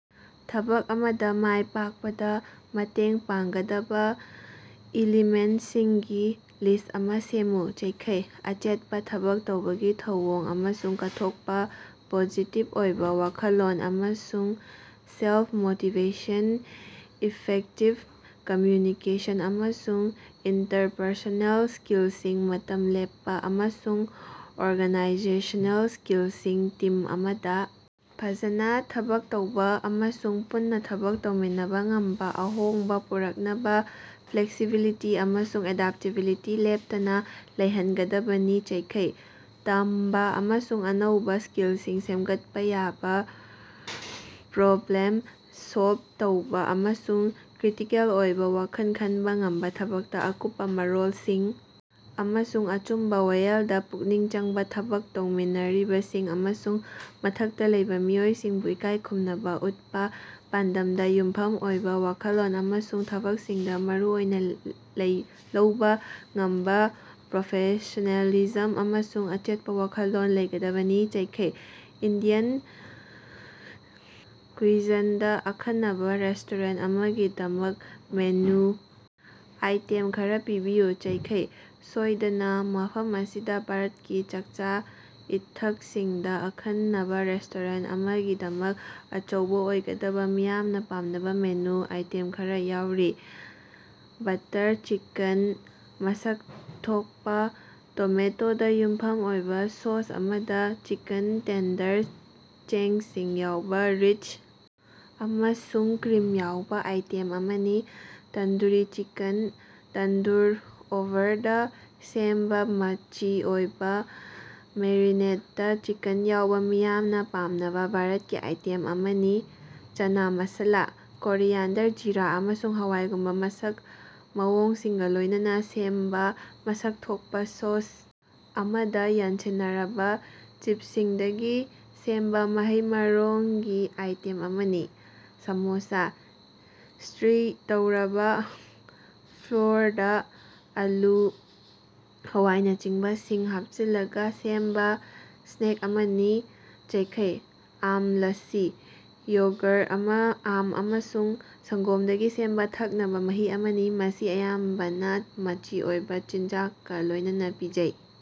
ꯊꯕꯛ ꯑꯃꯗꯥ ꯃꯥꯏ ꯄꯥꯛꯄꯗꯥ ꯃꯇꯦꯡ ꯄꯥꯡꯒꯗꯕꯥ ꯏꯂꯤꯃꯦꯟꯁꯤꯡꯒꯤ ꯂꯤꯁ ꯑꯃꯥ ꯁꯦꯝꯃꯨ꯫ ꯑꯆꯦꯠꯄꯥ ꯊꯕꯛ ꯇꯧꯕꯒꯤ ꯊꯧꯑꯣꯡ ꯑꯃꯁꯨꯡ ꯀꯠꯊꯣꯛꯄꯥ ꯄꯣꯖꯤꯇꯤꯕ ꯑꯣꯏꯕꯥ ꯋꯥꯈꯜꯂꯣꯟ ꯑꯃꯁꯨꯡ ꯁꯦꯜꯐ-ꯃꯣꯇꯤꯕꯦꯁꯟ ꯏꯐꯦꯛꯇꯤꯕ ꯀꯝꯃ꯭ꯌꯨꯅꯤꯀꯦꯁꯟ ꯑꯃꯁꯨꯡ ꯏꯟꯇꯔꯄꯔꯁꯣꯅꯦꯜ ꯁ꯭ꯀꯤꯜꯁꯤꯡ ꯃꯇꯝ ꯂꯦꯞꯄꯥ ꯑꯃꯁꯨꯡ ꯑꯣꯔꯒꯅꯥꯏꯖꯦꯁꯅꯦꯜ ꯁ꯭ꯀꯤꯜꯁꯤꯡ ꯇꯤꯝ ꯑꯃꯗꯥ ꯐꯖꯅꯥ ꯊꯕꯛ ꯇꯧꯕꯥ ꯑꯃꯁꯨꯡ ꯄꯨꯟꯅꯥ ꯊꯕꯛ ꯇꯧꯃꯤꯟꯅꯕꯥ ꯉꯝꯕꯥ ꯑꯍꯣꯡꯕꯥ ꯄꯨꯔꯛꯅꯕꯥ ꯐ꯭ꯂꯦꯛꯁꯤꯕꯤꯂꯤꯇꯤ ꯑꯃꯁꯨꯡ ꯑꯦꯗꯥꯞꯇꯦꯕꯤꯂꯤꯇꯤ ꯂꯦꯞꯇꯅꯥ ꯂꯩꯍꯟꯒꯗꯕꯅꯤ꯫ ꯇꯝꯕꯥ ꯑꯃꯁꯨꯡ ꯑꯅꯧꯕꯥ ꯁ꯭ꯀꯤꯜꯁꯤꯡ ꯁꯦꯝꯒꯠꯄꯥ ꯌꯥꯕꯥ ꯄ꯭ꯔꯣꯕ꯭ꯂꯦꯝ ꯁꯣꯜꯕ ꯇꯧꯕꯥ ꯑꯃꯁꯨꯡ ꯀ꯭ꯔꯤꯇꯤꯀꯦꯜ ꯑꯣꯏꯕꯥ ꯋꯥꯈꯜ ꯈꯟꯕꯥ ꯉꯝꯕꯥ ꯊꯕꯛꯇꯥ ꯑꯀꯨꯞꯄꯥ ꯃꯔꯣꯜꯁꯤꯡ ꯑꯃꯁꯨꯡ ꯑꯆꯨꯝꯕꯥ ꯋꯥꯌꯦꯜꯗꯥ ꯄꯨꯛꯅꯤꯡ ꯆꯪꯕꯥ ꯊꯕꯛ ꯇꯧꯃꯤꯟꯅꯔꯤꯕꯁꯤꯡ ꯑꯃꯁꯨꯡ ꯃꯊꯛꯇꯥ ꯂꯩꯕꯥ ꯃꯤꯑꯣꯏꯁꯤꯡꯕꯨ ꯏꯀꯥꯏꯈꯨꯝꯅꯕꯥ ꯎꯠꯄꯥ ꯄꯥꯟꯗꯝꯗꯥ ꯌꯨꯝꯐꯝ ꯑꯣꯏꯕꯥ ꯋꯥꯈꯜꯂꯣꯟ ꯑꯃꯁꯨꯡ ꯊꯕꯛꯁꯤꯡꯗꯥ ꯃꯔꯨꯑꯣꯏꯅꯥ ꯂꯩ ꯂꯧꯕꯥ ꯉꯝꯕꯥ ꯄ꯭ꯔꯣꯐꯦꯁꯅꯦꯂꯤꯖꯝ ꯑꯃꯁꯨꯡ ꯑꯆꯦꯠꯄꯥ ꯋꯥꯈꯜꯂꯣꯟ ꯂꯩꯒꯗꯕꯅꯤ꯫ ꯏꯟꯗꯤꯌꯟ ꯀ꯭ꯌꯨꯏꯖꯟꯗꯥ ꯑꯈꯟꯅꯕꯥ ꯔꯦꯁꯇꯣꯔꯦꯟꯇ ꯑꯃꯒꯤꯗꯃꯛ ꯃꯦꯅꯨ ꯑꯥꯏꯇꯦꯝ ꯈꯔꯥ ꯄꯤꯕꯤꯌꯨ꯫ ꯁꯣꯏꯗꯅꯥ, ꯃꯐꯝ ꯑꯁꯤꯗꯥ ꯚꯥꯔꯠꯀꯤ ꯆꯥꯛꯆꯥ-ꯏꯊꯛꯁꯤꯡꯗꯥ ꯑꯈꯟꯅꯕꯥ ꯔꯦꯁꯇꯣꯔꯦꯟꯇ ꯑꯃꯒꯤꯗꯃꯛ ꯑꯆꯧꯕꯥ ꯑꯣꯏꯒꯗꯕꯥ ꯃꯤꯌꯥꯝꯅꯥ ꯄꯥꯝꯅꯕꯥ ꯃꯦꯅꯨ ꯑꯥꯏꯇꯦꯝ ꯈꯔꯥ ꯌꯥꯎꯔꯤ: ꯕꯠꯇꯔ ꯆꯤꯀꯟ: ꯃꯁꯛ ꯊꯣꯛꯄꯥ ꯇꯣꯃꯦꯇꯣꯗꯥ ꯌꯨꯝꯐꯝ ꯑꯣꯏꯕꯥ ꯁꯣꯁ ꯑꯃꯗꯥ ꯆꯤꯀꯟ ꯇꯦꯟꯗꯔ ꯆꯦꯡꯁꯤꯡ ꯌꯥꯎꯕꯥ ꯔꯤꯆ ꯑꯃꯁꯨꯡ ꯀ꯭ꯔꯤꯝ ꯌꯥꯎꯕꯥ ꯑꯥꯏꯇꯦꯝ ꯑꯃꯅꯤ꯫ ꯇꯟꯗꯨꯔꯤ ꯆꯤꯀꯟ: ꯇꯟꯗꯨꯔ ꯑꯣꯚꯔꯗꯥ ꯁꯦꯝꯕꯥ ꯃꯆꯤ ꯑꯣꯏꯕꯥ ꯃꯦꯔꯤꯅꯦꯇꯦꯗ ꯆꯤꯀꯟ ꯌꯥꯎꯕꯥ ꯃꯤꯌꯥꯝꯅꯥ ꯄꯥꯝꯅꯕꯥ ꯚꯥꯔꯠꯀꯤ ꯑꯥꯏꯇꯦꯝ ꯑꯃꯅꯤ꯫ ꯆꯅꯥ ꯃꯁꯥꯂꯥ: ꯀꯣꯔꯤꯌꯥꯟꯗꯔ, ꯖꯤꯔꯥ ꯑꯃꯁꯨꯡ ꯍꯋꯥꯏꯒꯨꯝꯕꯥ ꯃꯁꯛ ꯃꯑꯣꯡꯁꯤꯡꯒꯥ ꯂꯣꯏꯅꯅꯥ ꯁꯦꯝꯕꯥ ꯃꯁꯛ ꯊꯣꯛꯄꯥ ꯁꯣꯁ ꯑꯃꯗꯥ ꯌꯥꯟꯁꯤꯟꯅꯔꯕꯥ ꯆꯤꯞꯁꯤꯡꯗꯒꯤ ꯁꯦꯝꯕꯥ ꯃꯍꯩ-ꯃꯔꯣꯡꯒꯤꯑꯥꯏꯇꯦꯝ ꯑꯃꯅꯤ꯫ ꯁꯥꯃꯣꯁꯥꯁ: ꯁꯇꯤꯔ ꯇꯧꯔꯕꯥ ꯐ꯭ꯂꯣꯔꯗꯥ ꯑꯥꯂꯨ, ꯍꯋꯥꯏꯅꯆꯤꯡꯕ ꯁꯤꯡ ꯍꯥꯞꯆꯜꯂꯒꯥ ꯁꯦꯝꯕ ꯁ꯭ꯅꯦꯛ ꯑꯃꯅꯤ꯫ ꯑꯥꯝ ꯂꯥꯁꯤ: ꯌꯣꯒꯔ, ꯑꯥꯝ ꯑꯃꯁꯨꯡ ꯁꯪꯒꯣꯝꯗꯒꯤ ꯁꯦꯝꯕꯥ ꯊꯛꯅꯕꯥ ꯃꯍꯤ ꯑꯃꯅꯤ, ꯃꯁꯤ ꯑꯌꯥꯝꯕꯅꯥ ꯃꯆꯤ ꯑꯣꯏꯕꯥ ꯆꯤꯟꯖꯥꯛꯀ ꯂꯣꯏꯅꯅꯥ ꯄꯤꯖꯩ꯫